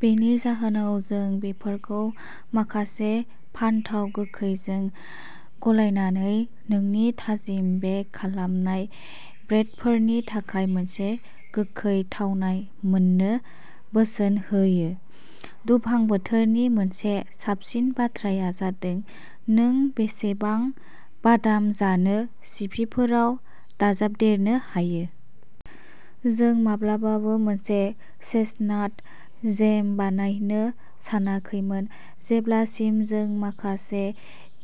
बेनि जाहोनाव जों बेफोरखौ माखासे फानथाव गोखैजों गलायनानै नोंनि थाजिम बेक खालामनाय ब्रेडफोरनि थाखाय मोनसे गोखै थावनाय मोननो बोसोन होयो। दुफां बोथोरनि मोनसे साबसिन बाथ्राया जादों नों बेसेबां बादाम जानो सिपिफोराव दाजाबदेरनो हायो। जों माब्लाबाबो मोनसे चेस्टनाट जेम बानायनो सानाखैमोन जेब्लासिम जों माखासे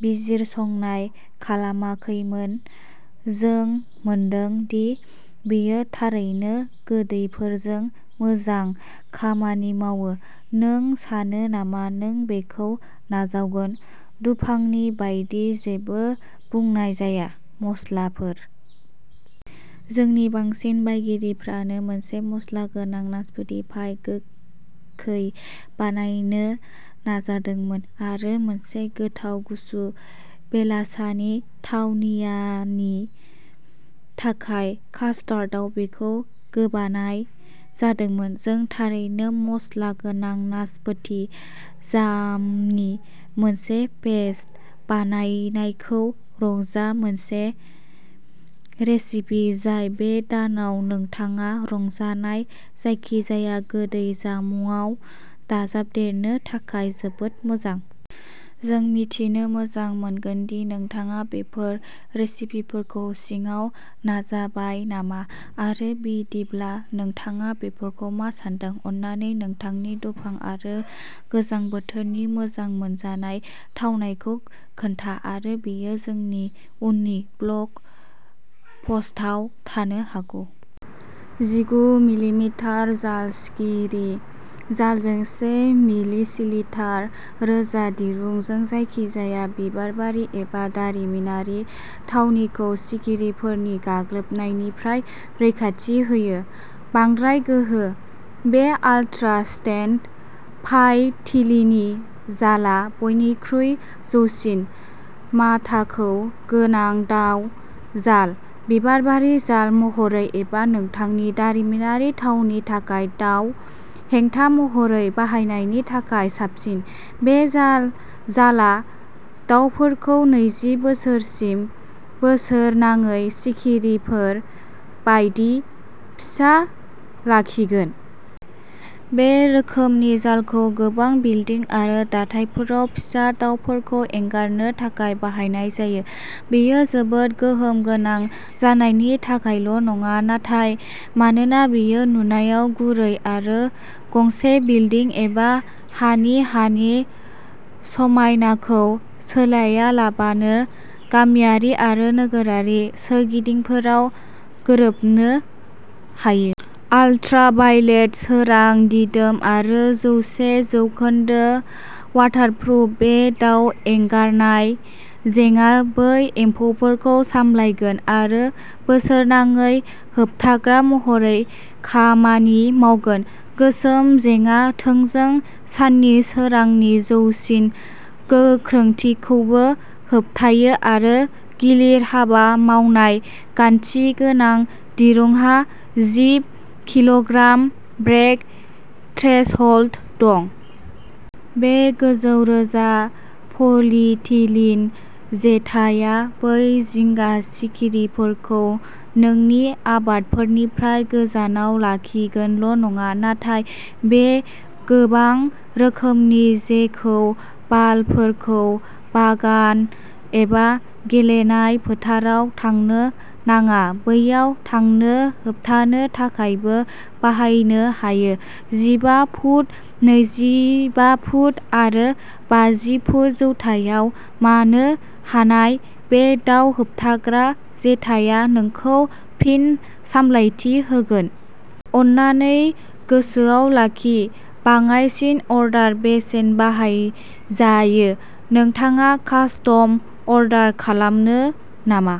बिजिरसंनाय खालामाखैमोन। जों मोनदों दि बेयो थारैनो गोदैफोरजों मोजां खामानि मावो, नों सानो नामा नों बेखौ नाजावगोन? दुफांनि बायदि जेबो बुंनाय जाया, मस्लाफोर! जोंनि बांसिन बायगिरिफ्रानो मोनसे मस्ला गोनां नासपति पाइ गोखै बानायनो नाजादोंमोन आरो मोनसे गोथाव गुसु बेलासानि थावनियानि थाखाय कास्टार्डआव बेखौ गोबानाय जादोंमोन। जों थारैनो। मस्ला गोनां नासपति जामनि मोनसे बेच बानायनायखौ रंजा, मोनसे रेसिपि जाय बे दानाव नोंथाङा रंजानाय जायखिजाया गोदै जामुंआव दाजाबदेरनो थाखाय जोबोद मोजां। जों मिथिनो मोजां मोनगोन दि नोंथाङा बेफोर रेसिपिफोरखौ सिङाव नाजाबाय नामा आरो बिदिब्ला नोंथाङा बेफोरखौ मा सान्दों? अन्नानै नोंथांनि दुफां आरो गोजां बोथोरनि मोजां मोनजानाय थावनायखौ खोन्था आरो बेयो जोंनि उननि ब्लग पस्टआव थानो हागौ। जिगु मिलिमिटार जाल सिखिरि जालजों से मिलिसिटार रोजा दिरुंजों जायखिजाया बिबारबारि एबा दारिमिनारि थावनिखौ सिखिरिफोरनि गाग्लोबनायनिफ्राय रैखाथि होयो। बांद्राय गोहो। बे आल्ट्रा-स्ट्रेंथ पलिइथिलिन जालआ बयनिख्रुइ जौसिन माथाखो गोनां दाव जाल। बिबारबारि जाल महरै एबा नोंथांनि दारिमिनारि थावनिनि थाखाय दाव हेंथा महरै बाहायनायनि थाखाय साबसिन, बे जाल जालआ दावफोरखौ नैजि बोसोरसिम बोसोरनाङै सिखिरिफोर बायदि फिसा लाखिगोन। बे रोखोमनि जालखौ गोबां बिल्डिं आरो दाथायफोराव फिसा दावफोरखौ एंगारनो थाखाय बाहायनाय जायो। बेयो जोबोद गोहोम गोनां जानायनि थाखायल' नङा, नाथाय मानोना बेयो नुनायाव गुरै आरो गंसे बिल्डिं एबा हानि हानि समायनाखौ सोलायालाबानो गामियारि आरो नोगोरारि सोरगिदिंफोराव गोरोबनो हायो। आलट्रा भाइलेट सोरां दिदोम आरो जौसे जौखोन्दो वाटारप्रुफ, बे दाउ एंगारनाय जेङा बै एम्फौफोरखौ सामलायगोन आरो बोसोरनाङै होबथाग्रा महरै खामानि मावगोन। गोसोम जेङा थोंजों साननि सोरांनि जौसिन गोख्रोंथिखौबो होबथायो आरो गिलिर हाबा मावनाय गान्थि गोनां दिरुंहा जिब किल'ग्राम ब्रेक थ्रेसहोल्ड दं। बे गोजौ रोजा पलिइथिलिन जेथाया बै जिंगा सिखिरिफोरखौ नोंनि आबादफोरनिफ्राय गोजानाव लाखिगोनल'नङा, नाथाय बे गोबां रोखोमनि जेखौ बालफोरखौ बागान एबा गेलेनाय फोथाराव थांनो नाङा बैयाव थांनो होबथानो थाखायबो बाहायनो हायो। जिबा फुट, नैजिबा फुट आरो बाजि फुट जौथायाव मानो हानाय, बे दाउ होबथाग्रा जेथाया नोंखौ फिन सामलायथि होगोन। अन्नानै गोसोआव लाखिः बाङाइसिन अर्डार बेसेन बाहायजायो। नोंथाङा कास्टम अर्डार खालामनो नामा?